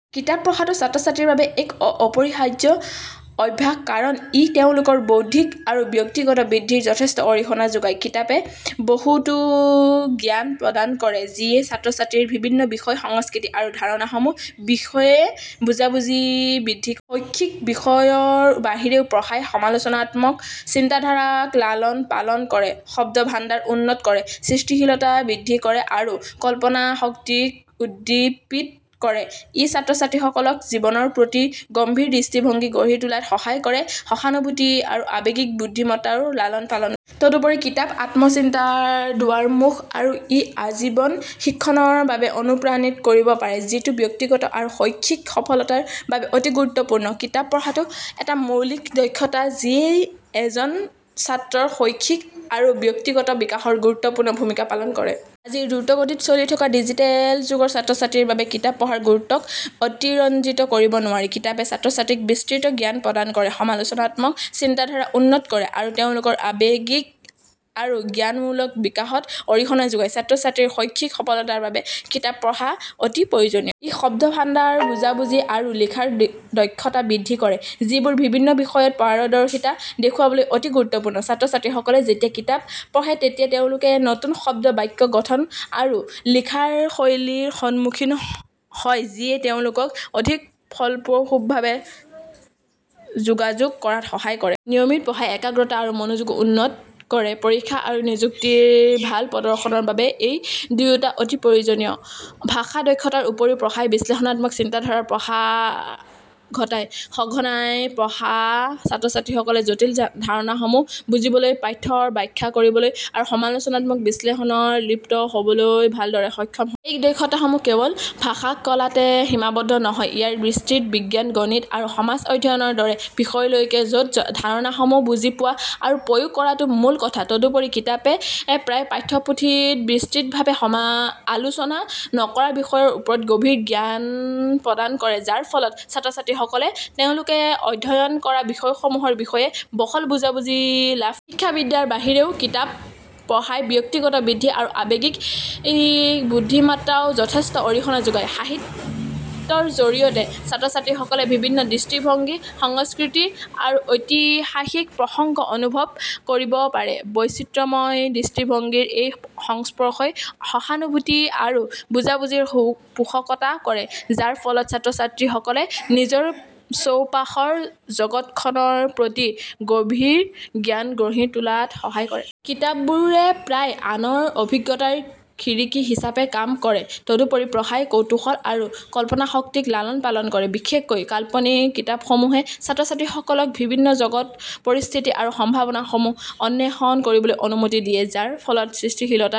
কিতাপ পঢ়াটো ছাত্ৰ-ছাত্ৰীৰ বাবে এক অপৰিহাৰ্য অভ্যাস কাৰণ ই তেওঁলোকৰ বৌদ্ধিক আৰু ব্যক্তিগত বৃদ্ধিত যথেষ্ট অৰিহণা যোগায়। কিতাপে বহুতো জ্ঞান প্ৰদান কৰে যিয়ে ছাত্ৰ-ছাত্ৰীৰ বিভিন্ন বিষয়, সংস্কৃতি আৰু ধাৰণাসমূহৰ বিষয়ে বুজাবুজি বৃদ্ধি কৰে। শৈক্ষিক বিষয়ৰ বাহিৰেও পঢ়াই সমালোচনাত্মক চিন্তাধাৰাক লালন-পালন কৰে, শব্দভাণ্ডাৰ উন্নত কৰে, সৃষ্টিশীলতা বৃদ্ধি কৰে আৰু কল্পনাশক্তিক উদ্দীপিত কৰে। ই ছাত্ৰ-ছাত্ৰীসকলক জীৱনৰ প্ৰতি গভীৰ দৃষ্টিভংগী গঢ়ি তোলাত সহায় কৰে, সহানুভূতি আৰু আৱেগিক বুদ্ধিমত্তাৰ লালন-পালন কৰে। তদুপৰি কিতাপ আত্মচিন্তাৰ দুৱাৰমুখ আৰু ই আজীৱন শিক্ষণৰ বাবে অনুপ্ৰাণিত কৰিব পাৰে, যিটো ব্যক্তিগত আৰু শৈক্ষিক সফলতাৰ বাবে অতি গুৰুত্বপূৰ্ণ। কিতাপ পঢ়াটো এটা মৌলিক দক্ষতা যিয়ে এজন ছাত্ৰৰ শৈক্ষিক আৰু ব্যক্তিগত বিকাশত গুৰুত্বপূৰ্ণ ভূমিকা পালন কৰে। আজিৰ দ্ৰুতগতিত চলি থকা ডিজিটেল যুগত ছাত্ৰ-ছাত্ৰীৰ বাবে কিতাপ পঢ়াৰ গুৰুত্বক অতিৰঞ্জিত কৰিব নোৱাৰি। কিতাপে ছাত্ৰ-ছাত্ৰীক বিস্তৃত জ্ঞান প্ৰদান কৰে, সমালোচনাত্মক চিন্তাধাৰা উন্নত কৰে, আৰু তেওঁলোকৰ আৱেগিক আৰু জ্ঞানমূলক বিকাশত অৰিহণা যোগায়। ছাত্ৰ-ছাত্ৰীৰ শৈক্ষিক সফলতাৰ বাবে কিতাপ পঢ়া অতি প্ৰয়োজনীয়। ই শব্দভাণ্ডাৰ, বুজাবুজি, আৰু লিখাৰ দক্ষতা বৃদ্ধি কৰে, যিবোৰ বিভিন্ন বিষয়ত পাৰদৰ্শিতা দেখুৱাবলৈ অতি গুৰুত্বপূৰ্ণ। ছাত্ৰ-ছাত্ৰীসকলে যেতিয়া কিতাপ পঢ়ে তেতিয়া তেওঁলোকে নতুন শব্দ, বাক্য গঠন আৰু লিখাৰ শৈলীৰ সন্মুখীন হয়, যিয়ে তেওঁলোকক অধিক ফলপ্ৰসূভাৱে যোগাযোগ কৰাত সহায় কৰে। নিয়মিত পঢ়াই একাগ্ৰতা আৰু মনোযোগো উন্নত কৰে, পৰীক্ষা আৰু নিযুক্তিত ভাল প্ৰদৰ্শনৰ বাবে এই দুয়োটা অতি প্ৰয়োজনীয়। ভাষা দক্ষতাৰ উপৰিও পঢ়াই বিশ্লেষণাত্মক চিন্তাধাৰাৰ প্ৰসাৰ ঘটায়। সঘনাই পঢ়া ছাত্ৰ-ছাত্ৰীসকলে জটিল ধাৰণাসমূহ বুজিবলৈ, পাঠ্যৰ ব্যাখ্যা কৰিবলৈ আৰু সমালোচনাত্মক বিশ্লেষণত লিপ্ত হ'বলৈ ভালদৰে সক্ষম হয়। এই দক্ষতাসমূহ কেৱল ভাষা কলাতে সীমাবদ্ধ নহয়; ইয়াৰ বিস্তৃত বিজ্ঞান, গণিত, আৰু সমাজ অধ্যয়নৰ দৰে বিষয়লৈকে, য'ত ধাৰণাসমূহ বুজি পোৱা আৰু প্ৰয়োগ কৰাটো মূল কথা। তদুপৰি কিতাপে প্ৰায়ে পাঠ্যপুথিত বিস্তৃতভাৱে আলোচনা নকৰা বিষয়ৰ ওপৰত গভীৰ জ্ঞান প্ৰদান কৰে, যাৰ ফলত ছাত্ৰ-ছাত্ৰীসকলে তেওঁলোকে অধ্যয়ন কৰা বিষয়সমূহৰ বিষয়ে বহল বুজাবুজি লাভ কৰে। শিক্ষাবিদ্যাৰ বাহিৰেও কিতাপ পঢ়াই ব্যক্তিগত বৃদ্ধি আৰু আৱেগিক বুদ্ধিমত্তাত যথেষ্ট অৰিহণা যোগায়। সাহিত্যৰ জৰিয়তে ছাত্ৰ-ছাত্ৰীসকলে বিভিন্ন দৃষ্টিভংগী, সংস্কৃতি, আৰু ঐতিহাসিক প্ৰসংগ অনুভৱ কৰিব পাৰে। বৈচিত্ৰময় দৃষ্টিভংগীৰ এই সংস্পৰ্শই সহানুভূতি আৰু বুজাবুজিৰ পোষকতা কৰে, যাৰ ফলত ছাত্ৰ-ছাত্ৰীসকলে নিজৰ চৌপাশৰ জগতখনৰ প্ৰতি গভীৰ জ্ঞান গঢ়ি তোলাত সহায় কৰে। কিতাপবোৰে প্ৰায়ে আনৰ অভিজ্ঞতাৰ খিৰিকী হিচাপে কাম কৰে। তদুপৰি পঢ়াই কৌতুহল আৰু কল্পনাশক্তিক লালন-পালন কৰে। বিশেষকৈ কাল্পনিক কিতাপসমূহে ছাত্ৰ-ছাত্ৰীসকলক বিভিন্ন জগত, পৰিস্থিতি আৰু সম্ভাৱনাসমূহ অন্বেষণ কৰিবলৈ অনুমতি দিয়ে, যাৰ ফলত সৃষ্টিশীলতাৰ